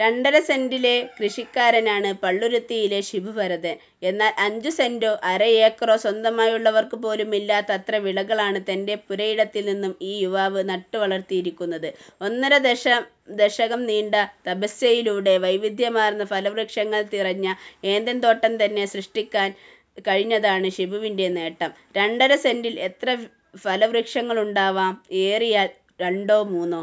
രണ്ടര സെന്റിലെ കൃഷിക്കാരനാണ് പള്ളുരുത്തിയിലെ ഷിബു ഭരതൻ. എന്നാൽ അഞ്ചുസെന്റോ അരയേക്കറോ സ്വന്തമായുള്ളവർക്കുപോലുമില്ലാത്തത്ര വിളകളാണ് തന്റെ പുരയിടത്തിൽ ഈ യുവാവ് നട്ടുവളർത്തിയിരിക്കുന്നത്. ഒന്നര ദശകം നീണ്ട തപസ്യയിലൂടെ വൈവിധ്യമാർന്ന ഫലവൃക്ഷങ്ങൾ നിറഞ്ഞ ഏദൻതോട്ടംതന്നെ സൃഷ്ടിക്കാൻ കഴിഞ്ഞതാണ് ഷിബുവിന്റെ നേട്ടം. രണ്ടര സെന്റിൽ എത്ര ഫലവൃക്ഷങ്ങളുണ്ടാവാം. ഏറിയാൽ രണ്ടോ മൂന്നോ.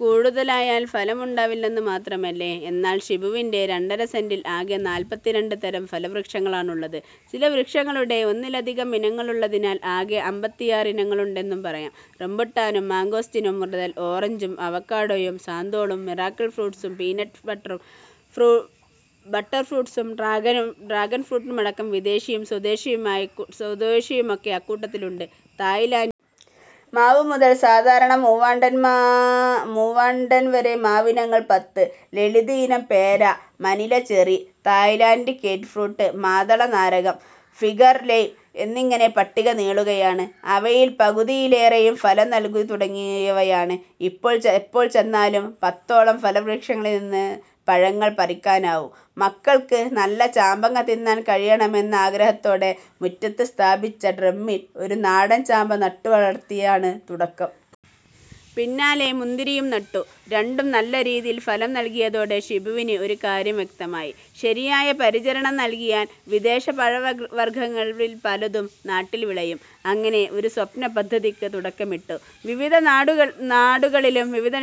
കൂടുതലായാൽ ഫലമുണ്ടാവില്ലെന്നു മാത്രമല്ലേ. എന്നാൽ ഷിബുവിന്റെ രണ്ടര സെന്റിൽ ആകെ നാൽപ്പത്തിരണ്ട് തരം ഫലവൃക്ഷങ്ങളാണുള്ളത്. ചില വൃക്ഷങ്ങളുടെ ഒന്നിലധികം ഇനങ്ങളുള്ളതിനാൽ ആകെ അമ്പത്തിയാറ് ഇനങ്ങളുണ്ടെന്നും പറയാം. റംബുട്ടാനും മംഗോസ്റ്റിനും മുതൽ ഓറഞ്ചും അവക്കാഡോയും സാന്തോളും മിറക്കിൾ ഫ്രൂട്ടും പീനട്ട് ബട്ടർ ഫ്രൂട്ടും ഡ്രാഗൺ ഫ്രൂട്ടുമടക്കം വിദേശിയും സ്വദേശിയുമൊക്കെ അക്കൂട്ടത്തിലുണ്ട്. തായ്‌ലൻഡ് മാവ് മുതൽ സാധാരണ മൂവാണ്ടൻ വരെ മാവിനങ്ങൾ പത്ത്. ലളിത് ഇനം പേര, മനില ചെറി, തായ്‌ലൻഡ് കേറ്റ് ഫ്രൂട്ട്, മാതളനാരകം, ഫിഗർ ലൈം എന്നിങ്ങനെ പട്ടിക നീളുകയാണ്. അവയിൽ പകുതിയിലേറെയും ഫലം നൽകിത്തുടങ്ങിയവയാണ്. ഇപ്പോൾ ചെന്നാലും പത്തോളം ഫലവൃക്ഷങ്ങളിൽനിന്ന് പഴങ്ങൾ പറിക്കാനാവും. മക്കൾക്ക് നല്ല ചാമ്പങ്ങ തിന്നാൻ കഴിയണമെന്ന ആഗ്രഹത്തോടെ മുറ്റത്ത് സ്ഥാപിച്ച ഡ്രമ്മിൽ ഒരു നാടൻ ചാമ്പ നട്ടുവളർത്തിയാണ് തുടക്കം. പിന്നാലെ മുന്തിരിയും നട്ടു. രണ്ടും നല്ല രീതിയിൽ ഫലം നൽകിയതോടെ ഷിബുവിന് ഒരു കാര്യം വ്യക്തമായി. ശരിയായ പരിചരണം നൽകിയാൽ വിദേശ പഴവർഗങ്ങളിൽ പലതും നാട്ടിൽ വിളയും. അങ്ങനെ ഒരു സ്വപ്നപദ്ധതിക്ക് തുടക്കമിട്ടു. വിവിധ നാടുകളിലും വിവിധ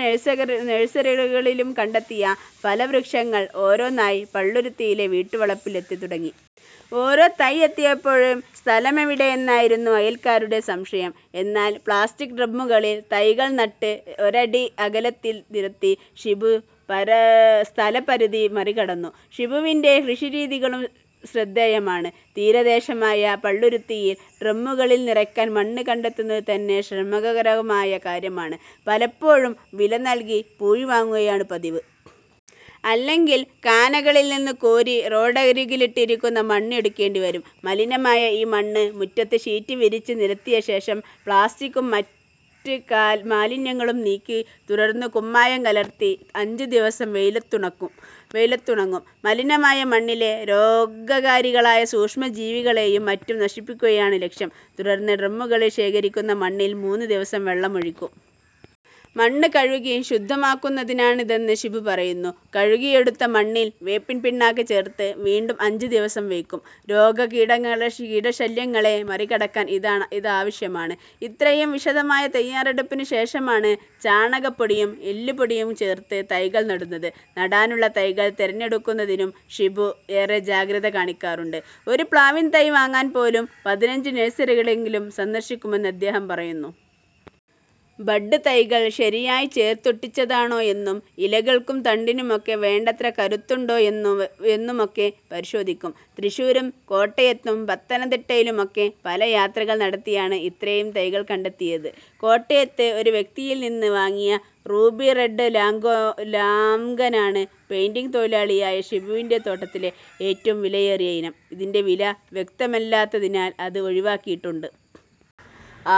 നഴ്സറികളിലും കണ്ടെത്തിയ ഫലവൃക്ഷങ്ങൾ ഓരോന്നായി പള്ളുരുത്തിയിലെ വീട്ടുവളപ്പിൽ എത്തിത്തുടങ്ങി. ഓരോ തൈ എത്തിയപ്പോഴും സ്ഥലമെവിടെ എന്നായിരുന്നു അയൽക്കാരുടെ സംശയം. എന്നാൽ പ്ലാസ്റ്റിക് ഡ്രമ്മുകളിൽ തൈകൾ നട്ട് ഒരടി അകലത്തിൽ നിരത്തി ഷിബു സ്ഥലപരിമിതി മറികടന്നു. ഷിബുവിന്റെ കൃഷിരീതികളും ശ്രദ്ധേയമാണ്. തീരദേശമായ പള്ളുരുത്തിയിൽ ഡ്രമ്മുകളിൽ നിറയ്ക്കാൻ മണ്ണ് കണ്ടെത്തുന്നതുതന്നെ ശ്രമകരമായ കാര്യമാണ്. പലപ്പോഴും വില നൽകി പൂഴി വാങ്ങുകയാണ് പതിവ്. അല്ലെങ്കിൽ കാനകളിൽനിന്ന് കോരി റോഡരികിലിട്ടിരിക്കുന്ന മണ്ണ് എടുക്കേണ്ടിവരും. മലിനമായ ഈ മണ്ണ് മുറ്റത്ത് ഷീറ്റ് വിരിച്ചു നിരത്തിയശേഷം പ്ലാസ്റ്റിക്കും മറ്റ് മാലിന്യങ്ങളും നീക്കും. തുടർന്ന് കുമ്മായം കലർത്തി അഞ്ച് ദിവസം വെയിലത്തുണങ്ങും. മലിനമായ മണ്ണിലെ രോഗകാരികളായ സൂക്ഷ്മജീവികളെയും മറ്റും നശിപ്പിക്കുകയാണ് ലക്ഷ്യം. തുടർന്ന് ഡ്രമ്മുകളിൽ ശേഖരിക്കുന്ന മണ്ണിൽ മൂന്ന് ദിവസം വെള്ളമൊഴിക്കും. മണ്ണ് കഴുകി ശുദ്ധമാക്കുന്നതിനാണിതെന്ന് ഷിബു പറയുന്നു. കഴുകിയെടുത്ത മണ്ണിൽ വേപ്പിൻപിണ്ണാക്ക് ചേർത്ത് വീണ്ടും അഞ്ച് ദിവസം വയ്ക്കും. രോഗകീടശല്യങ്ങളെ അകറ്റാൻ ഇതാവശ്യമാണ്. ഇത്രയും വിശദമായ തയാറെടുപ്പിനുശേഷമാണ് ചാണകപ്പൊടിയും എല്ലുപൊടിയും കൂടി ചേർത്ത് തൈകൾ നടുന്നത്. നടാനുള്ള തൈകൾ തിരഞ്ഞെടുക്കുന്നതിനും ഷിബു ഏറെ ജാഗ്രത കാണിക്കാറുണ്ട്. ഒരു പ്ലാവിൻതൈ വാങ്ങാൻ പോലും പതിനഞ്ച് നഴ്സറികളെങ്കിലും സന്ദർശിക്കുമെന്ന് അദ്ദേഹം പറയുന്നു. ബഡ് തൈകൾ ശരിയായി ചേർത്തൊട്ടിച്ചതാണോയെന്നും ഇലകൾക്കും തണ്ടിനുമൊക്കെ വേണ്ടത്ര കരുത്തുണ്ടോയെന്നുമൊക്കെ പരിശോധിക്കും. തൃശ്ശൂരും കോട്ടയത്തും പത്തനംതിട്ടയിലുമൊക്കെ പല യാത്രകൾ നടത്തിയാണ് ഇത്രയും തൈകൾ കണ്ടെത്തിയത്. കോട്ടയത്ത് ഒരു വ്യക്തിയിൽനിന്ന് വാങ്ങിയ റൂബി റെഡ് ലോംഗനാണ് പെയിന്റിങ് തൊഴിലാളിയായ ഷിബുവിന്റെ തോട്ടത്തിലെ ഏറ്റവും വിലയേറിയ ഇനം. ഇതിന്റെ വില വ്യക്തമല്ലാത്തതിനാൽ അത് ഒഴിവാക്കിയിട്ടുണ്ട്.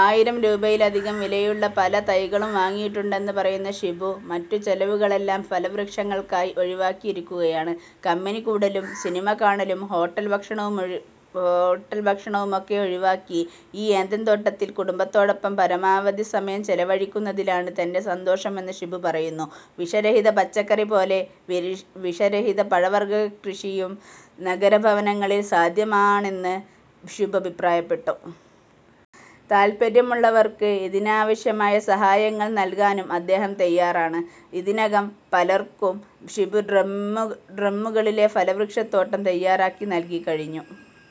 ആയിരം രൂപയിലധികം വിലയുള്ള പല തൈകളും വാങ്ങിയിട്ടുണ്ടെന്ന് പറയുന്ന ഷിബു മറ്റു ചെലവുകളെല്ലാം ഫലവൃക്ഷങ്ങൾക്കായി ഒഴിവാക്കിയിരിക്കുകയാണ്. കമ്പനിക്കൂടലും സിനിമ കാണലും ഹോട്ടൽ ഭക്ഷണവുമൊക്കെ ഒഴിവാക്കി ഈ ഏദൻതോട്ടത്തിൽ കുടുംബത്തോടൊപ്പം പരമാവധി സമയം ചെലവഴിക്കുന്നതിലാണ് തന്റെ സന്തോഷമെന്ന് ഷിബു പറയുന്നു. വിഷരഹിത പച്ചക്കറി പോലെ വിഷരഹിത പഴവർഗക്കൃഷിയും നഗരഭവനങ്ങളിൽ സാധ്യമാണെന്ന് ഷിബു അഭിപ്രായപ്പെട്ടു. താൽപര്യമുള്ളവർക്ക് ഇതിനാവശ്യമായ സഹായങ്ങൾ നൽകാനും അദ്ദേഹം തയാറാണ്. ഇതിനകം പലർക്കും ഷിബു ഡ്രമ്മുകളിലെ ഫലവൃക്ഷത്തോട്ടം തയാറാക്കി നൽകിക്കഴിഞ്ഞു.